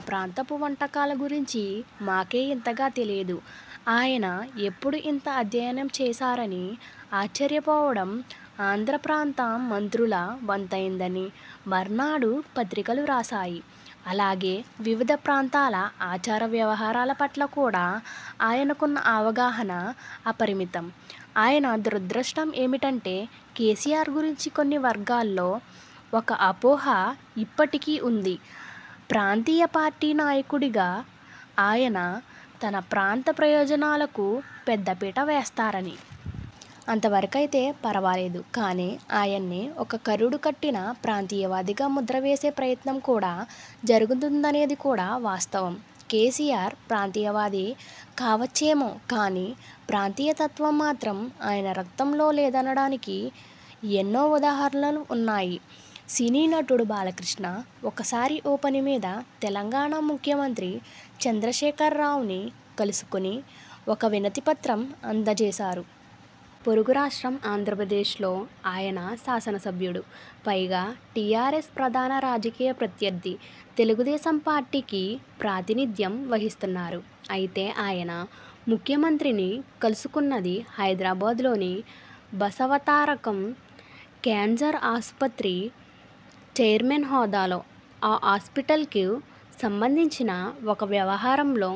'మా ప్రాంతపు వంటకాల గురించి మాకే ఇంతగా తెలియదు, ఆయన ఎప్పుడు ఇంత అధ్యయనం చేశార'ని ఆశ్చర్య పోవడం ఆంధ్రప్రాంత మంత్రుల వంతయిందని మర్నాడు పత్రికలు రాసాయి. అలాగే వివిధ ప్రాంతాల ఆచార వ్యవహారాల పట్ల కూడా ఆయనకున్న అవగాహన అపరిమితం. ఆయన దురదృష్టం ఏమిటంటే, కేసీఆర్ గురించి కొన్ని వర్గాల్లో ఒక అపోహ ఇప్పటికీ వుంది, ప్రాంతీయ పార్టీ నాయకుడిగా ఆయన, తన ప్రాంత ప్రయోజనాలకు పెద్ద పీట వేస్తారని. అంతవరకయితే పరవాలేదు. కానీ ఆయన్ని ఒక కరడు కట్టిన ప్రాంతీయవాదిగా ముద్రవేసే ప్రయత్నం కూడా జరుగుతుందనేది కూడా వాస్తవం. కేసీఆర్ ప్రాంతీయవాది కావచ్చేమో కాని ప్రాంతీయ తత్వం మాత్రం ఆయన రక్తంలో లేదనడానికి ఎన్నో ఉదాహరణలు వున్నాయి. సినీ నటుడు బాలకృష్ణ ఒకసారి ఓ పని మీద తెలంగాణా ముఖ్యమంత్రి చంద్రశేఖర్రావుని కలుసుకుని ఒక వినతి పత్రం అందచేశారు. పొరుగు రాష్ట్రం ఆంధ్రప్రదేశ్లో ఆయన శాసనసభ్యుడు. పైగా టీఆర్ఎస్ ప్రధాన రాజకీయ ప్రత్యర్థి తెలుగుదేశం పార్టీకి ప్రాతినిధ్యం వహిస్తున్నారు. అయితే ఆయన ముఖ్యమంత్రిని కలుసుకున్నది హైదరాబాదులోని బసవతారకం క్యాన్సర్ ఆసుపత్రి చైర్మన్ హోదాలో, ఆ హాస్పిటల్కు సంబంధించిన ఒక వ్యవహారంలో.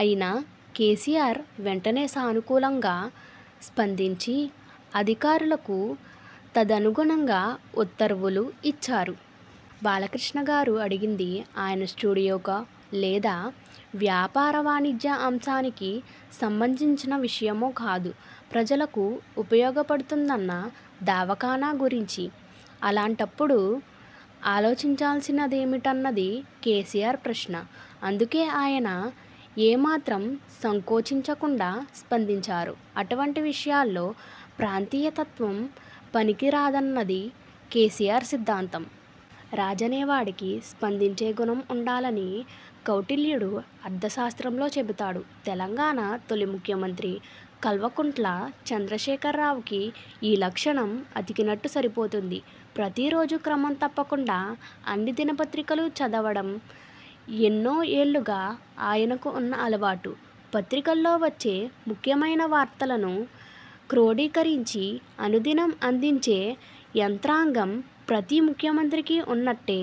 అయినా కేసీఆర్ వెంటనే సానుకూలంగా స్పందించి అధికారులకు తదనుగుణంగా ఉత్తర్వులు ఇచ్చారు. 'బాలకృష్ణ గారు అడిగింది ఆయన స్టూడియోకో, లేదా వ్యాపార వాణిజ్య అంశానికి సంబంధించిన విషయమో కాదు; ప్రజలకు ఉపయోగపడుతుదన్న దవాఖానా గురించి. అలాంటప్పుడు ఆలోచించాల్సింది ఏమిట'న్నది కేసీఆర్ ప్రశ్న. అందుకే ఆయన ఏమాత్రం సంకోచించకుండా స్పందించారు. అటువంటి విషయాల్లో ప్రాంతీయ తత్వం పనికి రాదన్నది కేసీఆర్ సిద్ధాంతం. రాజనేవాడికి స్పందించే గుణం వుండాలని కౌటిల్యుడు అర్థశాస్త్రంలో చెబుతాడు. తెలంగాణా తొలి ముఖ్యమంత్రి కల్వకుంట్ల చంద్రశేఖర్రావుకి ఈ లక్షణం అతికినట్టు సరిపోతుంది. ప్రతిరోజూ క్రమం తప్పకుండా అన్ని దిన పత్రికలూ చదవడం ఎన్నో ఏళ్ళుగా ఆయనకు వున్న అలవాటు. పత్రికల్లో వచ్చే ముఖ్యమైన వార్తలను క్రోడీకరించి అనుదినం అందించే యంత్రాంగం ప్రతి ముఖ్యమంత్రికీ వున్నట్టే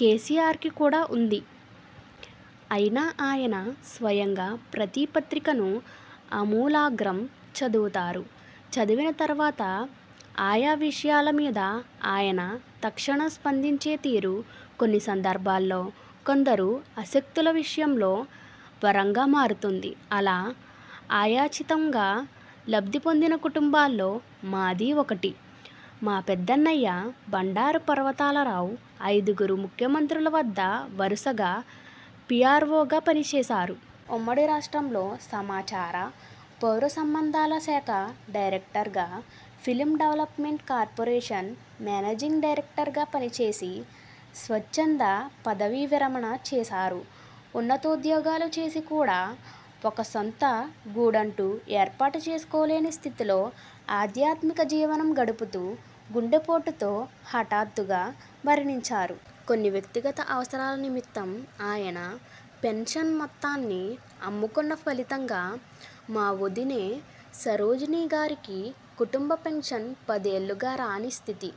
కేసీఆర్కి కూడా వుంది. అయినా ఆయన స్వయంగా ప్రతి పత్రికను ఆమూలాగ్రం చదువుతారు. చదివిన తరువాత ఆయా విషయాల మీద ఆయన తక్షణ స్పందించే తీరు కొన్ని సందర్భాలలో కొందరు అశక్తుల విషయంలో వరంగా మారుతోంది. అలా అయాచితంగా లబ్ధిపొందిన కుటుంబాల్లో మాదీ ఒకటి. మా పెద్దన్నయ్య భండారు పర్వతాల రావు అయిదుగురు ముఖ్యమంత్రుల వద్ద వరుసగా పీఆర్వోగా పనిచేశారు. ఉమ్మడి రాష్ట్రంలో సమాచార, పౌర సంబంధాల శాఖ డైరెక్టర్గా, film development corporation managing director గా పనిచేసి స్వచ్ఛంద పదవీవిరమణ చేసారు. ఉన్నతోద్యోగాలు చేసి కూడా ఒక సొంత గూడంటూ ఏర్పాటు చేసుకోలేని స్థితిలో ఆధ్యాత్మిక జీవినం గడుపుతూ గుండెపోటుతో హఠాత్తుగా మరణించారు. కొన్ని వ్యక్తిగత అవసరాల నిమిత్తం ఆయన పెన్షన్ మొత్తాన్ని అమ్ముకున్న ఫలితంగా మా ఒదినె సరోజిని గారికి కుటుంబ పెన్షన్ పదేళ్లుగా రాని స్థితి.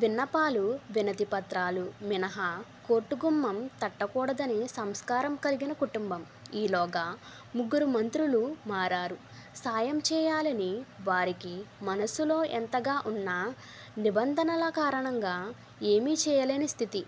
విన్నపాలు, వినతి పత్రాలు మినహా కోర్టు గుమ్మం తట్టకూడదనే సంస్కారం కలిగిన కుటుంబం. ఈలోగా ముగ్గురు మంత్రులు మారారు. సాయం చేయాలని వారికి మనసులో యెంతగా వున్నా, నిబంధనల కారణంగా ఏమీ చేయలేని స్థితి.